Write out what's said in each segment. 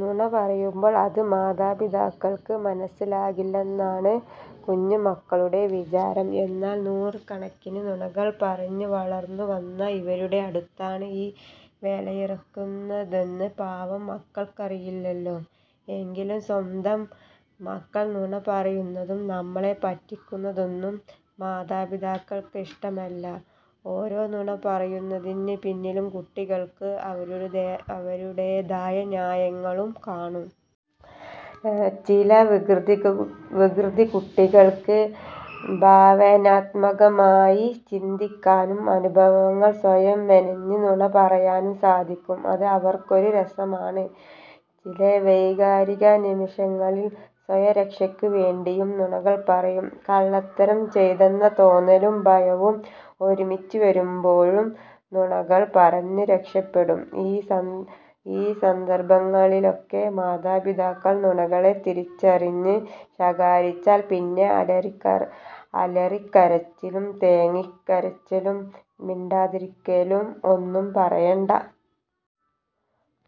നുണ പറയുമ്പോൾ അത് മാതാപിതാക്കൾക്ക് മനസ്സിലാകില്ലെന്നാണ് കുഞ്ഞുമക്കളുടെ വിചാരം. എന്നാൽ നൂറുകണക്കിന് നുണകൾ പറഞ്ഞ് വളർന്നുവന്ന ഇവരുടെ അടുത്താണ് ഈ വേലയിറക്കുന്നതെന്ന് പാവം മക്കൾക്കറിയില്ലല്ലോ. എങ്കിലും സ്വന്തം മക്കൾ നുണ പറയുന്നതും നമ്മളെ പറ്റിക്കുന്നതൊന്നും മാതാപിതാക്കൾക്കിഷ്ടമല്ല. ഓരോ നുണ പറയുന്നതിന് പിന്നിലും കുട്ടികൾക്ക് അവരുടേതായ ന്യായീകരണങ്ങളും കാണും. ചില വികൃതിക്കുട്ടികൾക്ക് ഭാവനാത്മകമായി ചിന്തിക്കാനും അനുഭവങ്ങൾ സ്വയം മെനഞ്ഞ് നുണ പറയാനും സാധിക്കും. അത് അവർക്കൊരു രസമാണ്. ചില വൈകാരിക നിമിഷങ്ങളിൽ സ്വയരക്ഷയ്ക്ക് വേണ്ടിയും നുണകൾ പറയും. കള്ളത്തരം ചെയ്തെന്ന തോന്നലും ഭയവും ഒരുമിച്ച് വരുമ്പോഴും നുണകൾ പറഞ്ഞ് രക്ഷപ്പെടും.ഈ സന്ദർഭങ്ങളിലൊക്കെ മാതാപിതാക്കൾ നുണകളെ തിരിച്ചറിഞ്ഞ് ശകാരിച്ചാൽ പിന്നെ അലറിക്കരച്ചിലും തേങ്ങിക്കരച്ചിലും മിണ്ടാതിരിക്കലും ഒന്നും പറയണ്ട.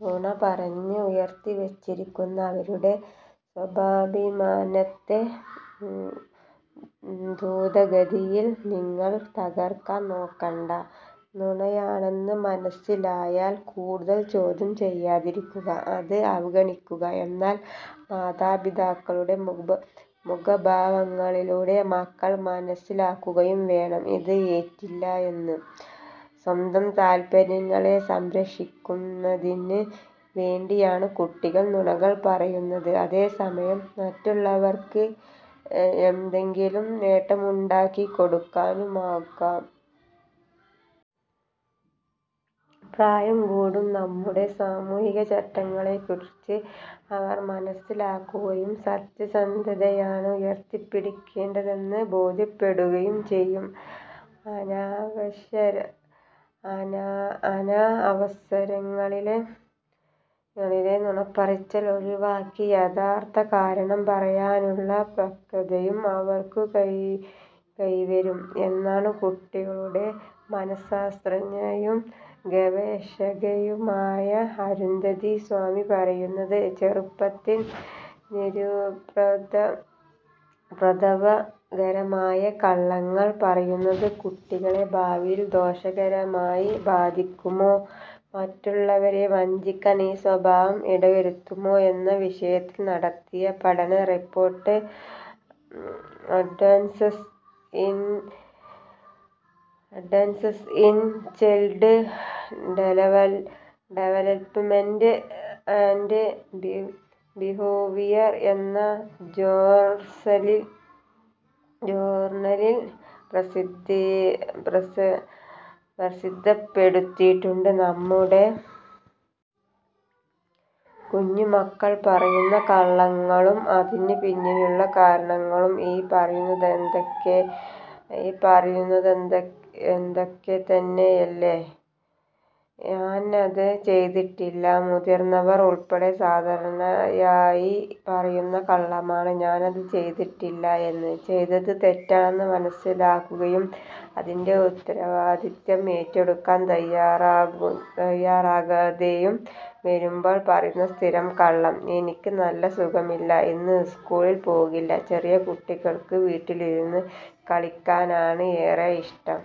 നുണ പറഞ്ഞ് ഉയർത്തിവച്ചിരിക്കുന്ന അവരുടെ സ്വാഭിമാനത്തെ ധ്രുതഗതിയിൽ നിങ്ങൾ തകർക്കാൻ നോക്കണ്ട. നുണയാണെന്ന് മനസ്സിലായാൽ കൂടുതൽ ചോദ്യം ചെയ്യാതിരിക്കുക, അത് അവഗണിക്കുക. എന്നാൽ മാതാപിതാക്കളുടെ മുഖഭാവങ്ങളിലൂടെ മക്കൾ മനസ്സിലാക്കുകയും വേണം, ഇത് ഏറ്റില്ല എന്ന്.സ്വന്തം താൽപര്യങ്ങളെ സംരക്ഷിക്കുന്നതിന് വേണ്ടിയാണ് കുട്ടികൾ നുണകൾ പറയുന്നത്. അതേസമയം മറ്റുള്ളവർക്ക് എന്തെങ്കിലും നേട്ടമുണ്ടാക്കി കൊടുക്കാനുമാകാം. പ്രായം കൂടുന്തോറും നമ്മുടെ സാമൂഹിക ചട്ടങ്ങളെക്കുറിച്ച് അവർ മനസ്സിലാക്കുകയും സത്യസന്ധതയാണ് ഉയർത്തിപ്പിടിക്കേണ്ടതെന്ന് ബോധ്യപ്പെടുകയും ചെയ്യും. അനവസരങ്ങളിലെ നുണപറച്ചിൽ ഒഴിവാക്കി യഥാർത്ഥ കാരണം പറയാനുള്ള പക്വതയും അവർക്ക് കൈവരും എന്നാണ് കുട്ടികളുടെ മനഃശാസ്ത്രജ്ഞയും ഗവേഷകയുമായ അരുന്ധതി സ്വാമി പറയുന്നത്. ചെറുപ്പത്തിൽ നിരുപദ്രവകരമായ കള്ളങ്ങൾ പറയുന്നത് കുട്ടികളെ ഭാവിയിൽ ദോഷകരമായി ബാധിക്കുമോ, മറ്റുള്ളവരെ വഞ്ചിക്കാൻ ഈ സ്വഭാവം ഇടവരുത്തുമോ എന്ന വിഷയത്തിൽ നടത്തിയ പഠന report advances in child development and behaviour എന്ന ജേർണലിൽ പ്രസിദ്ധപ്പെടുത്തിയിട്ടുണ്ട്. നമ്മുടെ കുഞ്ഞുമക്കൾ പറയുന്ന കള്ളങ്ങളും അതിനു പിന്നിലുള്ള കാരണങ്ങളും ഈ പറയുന്നതൊക്കെത്തന്നെയല്ലേ? ഞാനത് ചെയ്തിട്ടില്ല. മുതിർന്നവർ ഉൾപ്പെടെ സാധാരണയായി പറയുന്ന കള്ളമാണ് ഞാനത് ചെയ്തിട്ടില്ല എന്ന്. ചെയ്തത് തെറ്റാണെന്ന് മനസ്സിലാക്കുകയും അതിൻ്റെ ഉത്തരവാദിത്തം ഏറ്റെടുക്കാൻ തയ്യാറാകാതെയും വരുമ്പോൾ പറയുന്ന സ്ഥിരം കള്ളം. എനിക്ക് നല്ല സുഖമില്ല, ഇന്ന് സ്കൂളിൽ പോകില്ല. ചെറിയ കുട്ടികൾക്ക് വീട്ടിലിരുന്ന് കളിക്കാനാണ് ഏറെയിഷ്ടം.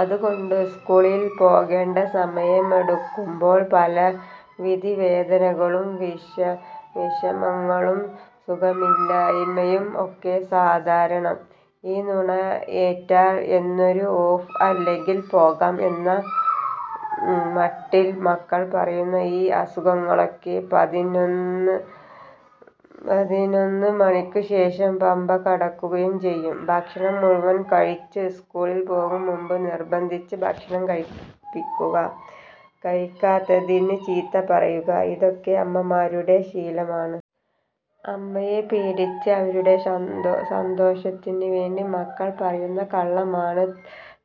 അതുകൊണ്ട് സ്കൂളിൽ പോകേണ്ട സമയമടുക്കുമ്പോൾ പലവിധ വേദനകളും വിഷമങ്ങളും സുഖമില്ലായ്മയും ഒക്കെ സാധാരണം. ഈ നുണ ഏറ്റാൽ ഇന്നൊരു ഓഫ് അല്ലെങ്കിൽ പോകാം എന്ന മട്ടിൽ മക്കൾ പറയുന്ന ഈ അസുഖങ്ങളൊക്കെ പതിനൊന്ന് മണിക്കുശേഷം പമ്പ കടക്കുകയും ചെയ്യും. ഭക്ഷണം മുഴുവനും കഴിച്ചു. സ്കൂളിൽ പോകുംമുമ്പ് നിർബന്ധിച്ച് ഭക്ഷണം കഴിപ്പിക്കുക, കഴിക്കാത്തതിന് ചീത്ത പറയുക, ഇതൊക്കെ അമ്മമാരുടെ ശീലമാണ്. അമ്മയെ പേടിച്ച് അവരുടെ സന്തോഷത്തിന് വേണ്ടി മക്കൾ പറയുന്ന കള്ളമാണ്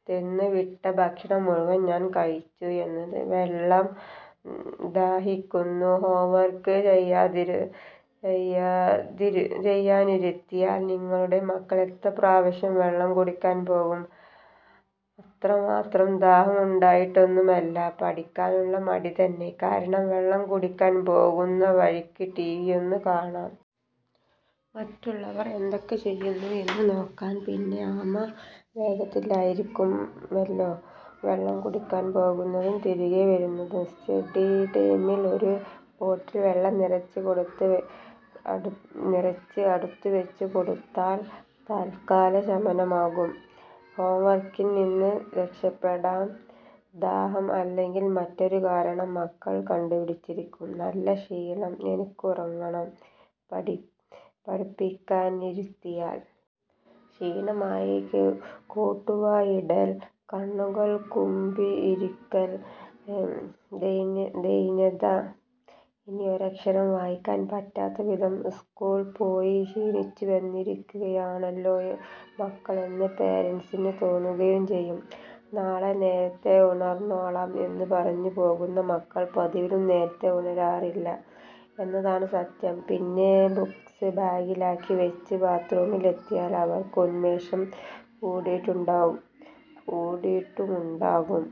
തന്നുവിട്ട ഭക്ഷണം മുഴുവൻ ഞാൻ കഴിച്ചു എന്നത്. വെള്ളം ദാഹിക്കുന്നു. ഹോംവർക്ക് ചെയ്യാനിരുത്തിയാൽ നിങ്ങളുടെ മക്കൾ എത്ര പ്രാവശ്യം വെള്ളം കുടിക്കാൻ പോകും? അത്രമാത്രം ദാഹമുണ്ടായിട്ടൊന്നുമല്ല. പഠിക്കാനുള്ള മടി തന്നെ കാരണം. വെള്ളം കുടിക്കാൻ പോകുന്ന വഴിക്ക് ടിവിയൊന്ന് കാണാം. മറ്റുള്ളവർ എന്തൊക്കെ ചെയ്യുന്നു എന്ന് നോക്കാം. പിന്നെ ആമ വേഗത്തിലായിരിക്കുമല്ലോ വെള്ളം കുടിക്കാൻ പോകുന്നതും തിരികെ വരുന്നതും. സ്റ്റഡി ടൈമിൽ ഒരു ബോട്ടിൽ വെള്ളം നിറച്ച് അടുത്ത് വച്ചുകൊടുത്താൽ തൽക്കാല ശമനമാകും. ഹോംവർക്കിൽനിന്നും രക്ഷപ്പെടാൻ ദാഹം അല്ലെങ്കിൽ മറ്റൊരു കാരണം മക്കൾ കണ്ടുപിടിച്ചിരിക്കും. നല്ല ക്ഷീണം, എനിക്കുറങ്ങണം. പഠിപ്പിക്കാനിരുത്തിയാൽ ക്ഷീണമായി കോട്ടുവായിടൽ, കണ്ണുകൾ കൂമ്പിയിരിക്കൽ, ദൈന്യത. ഇനി ഒരക്ഷരം വായിക്കാൻ പറ്റാത്തവിധം സ്കൂളിൽ പോയി ക്ഷീണിച്ചുവന്നിരിക്കയാണല്ലോ മക്കൾ എന്ന് പേരന്റ്സിന് തോന്നുകയും ചെയ്യും. നാളെ നേരത്തേ ഉണർന്നോളാം എന്നു പറഞ്ഞു പോകുന്ന മക്കൾ പതിവിലും നേരത്തേ ഉണരാറില്ല എന്നതാണ് സത്യം. പിന്നെ ബുക്സ് ബാഗിലാക്കി വച്ച് ബെഡ്റൂമിൽ എത്തിയാൽ അവർക്ക് ഉന്മേഷം കൂടിയിട്ടുമുണ്ടാകും.